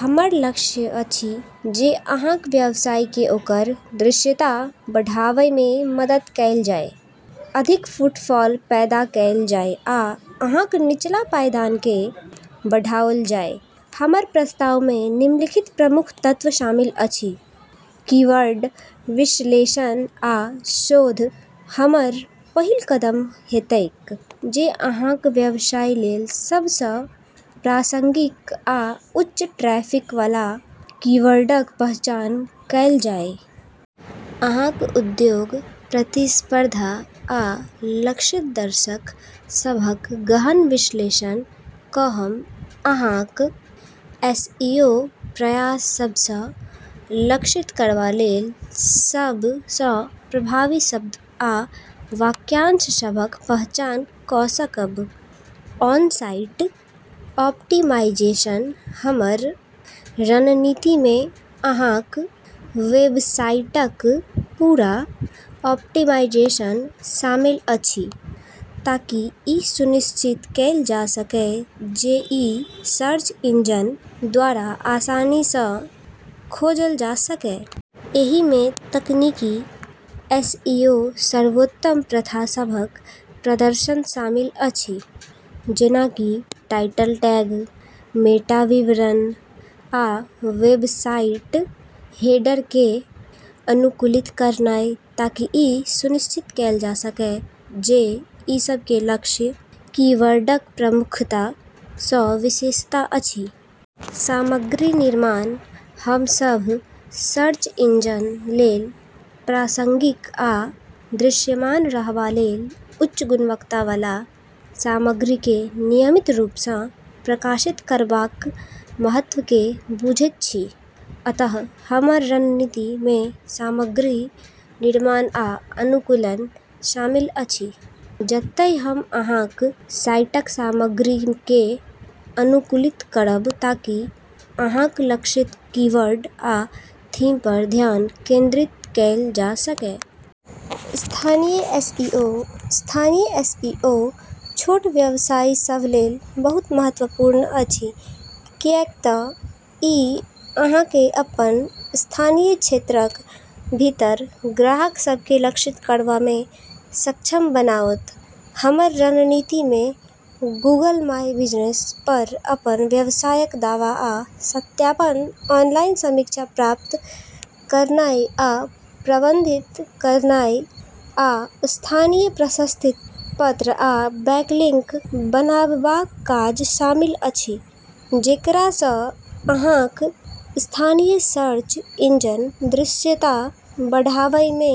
हमर लक्ष्य अछि जे अहाँक व्यवसाय केँ ओकर दृश्यता बढ़ाबय मे मदद कएल जाए, अधिक फुटफॉल पैदा कएल जाए आ अहाँक निचला पायदान केँ बढ़ाओल जाए। हमर प्रस्ताव मे निम्नलिखित प्रमुख तत्व शामिल अछि: कीवर्ड विश्लेषण आ शोध: हमर पहिल कदम हेतैक जे अहाँक व्यवसाय लेल सब सँ प्रासंगिक आ उच्च ट्रैफिक बला कीवर्डक पहचान कएल जाए। अहाँक उद्योग, प्रतिस्पर्धा, आ लक्षित दर्शक सभक गहन विश्लेषण कऽ हम अहाँक एसईओ प्रयास सभ सँ लक्षित करबा लेल सब सँ प्रभावी शब्द आ वाक्यांश सभक पहचान कऽ सकब। ऑन-साइट ऑप्टिमाइजेशन: हमर रणनीति मे अहाँक वेबसाइटक पूरा ऑप्टिमाइजेशन शामिल अछि ताकि ई सुनिश्चित कएल जा सकए जे ई सर्च इंजन द्वारा आसानी सँ खोजल जा सकए। एहि मे तकनीकी एसईओ सर्वोत्तम प्रथा सभक प्रदर्शन शामिल अछि, जेना कि टाइटल टैग, मेटा विवरण, आ वेबसाइट हेडर केँ अनुकूलित करनाय ताकि ई सुनिश्चित कएल जा सकए जे ई सभ मे लक्ष्य कीवर्डक प्रमुखता सँ विशेषता अछि। सामग्री निर्माण: हम सभ सर्च इंजन लेल प्रासंगिक आ दृश्यमान रहबा लेल उच्च गुणवत्ता बला सामग्री केँ नियमित रूप सँ प्रकाशित करबाक महत्व केँ बुझैत छी। अतः हमर रणनीति मे सामग्री निर्माण आ अनुकूलन शामिल अछि, जतए हम अहाँक साइटक सामग्री केँ अनुकूलित करब ताकि अहाँक लक्षित कीवर्ड आ थीम पर ध्यान केंद्रित कएल जा सकए। स्थानीय एसईओ: स्थानीय एसईओ छोट व्यवसाय सभ लेल बहुत महत्वपूर्ण अछि, कियाक तँ ई अहाँ केँ अपन स्थानीय क्षेत्रक भीतर ग्राहक सभ केँ लक्षित करबा मे सक्षम बनाओत। हमर रणनीति मे गूगल माय बिजनेस पर अपन व्यवसायक दावा आ सत्यापन, ऑनलाइन समीक्षा प्राप्त करनाय आ प्रबंधित करनाय, आ स्थानीय प्रशस्ति पत्र आ बैकलिंक बनाबबाक काज शामिल अछि जेकरा सँ अहाँक स्थानीय सर्च इंजन दृश्यता बढ़ाबय मे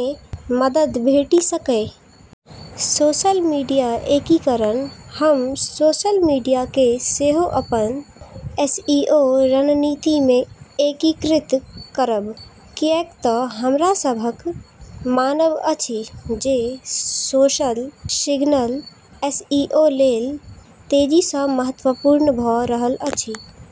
मदद भेटि सकए। सोशल मीडिया एकीकरण: हम सोशल मीडिया केँ सेहो अपन एसईओ रणनीति मे एकीकृत करब, कियाक तँ हमरा सभक मानब अछि जे सोशल सिग्नल एसईओ लेल तेजी सँ महत्वपूर्ण भऽ रहल अछि।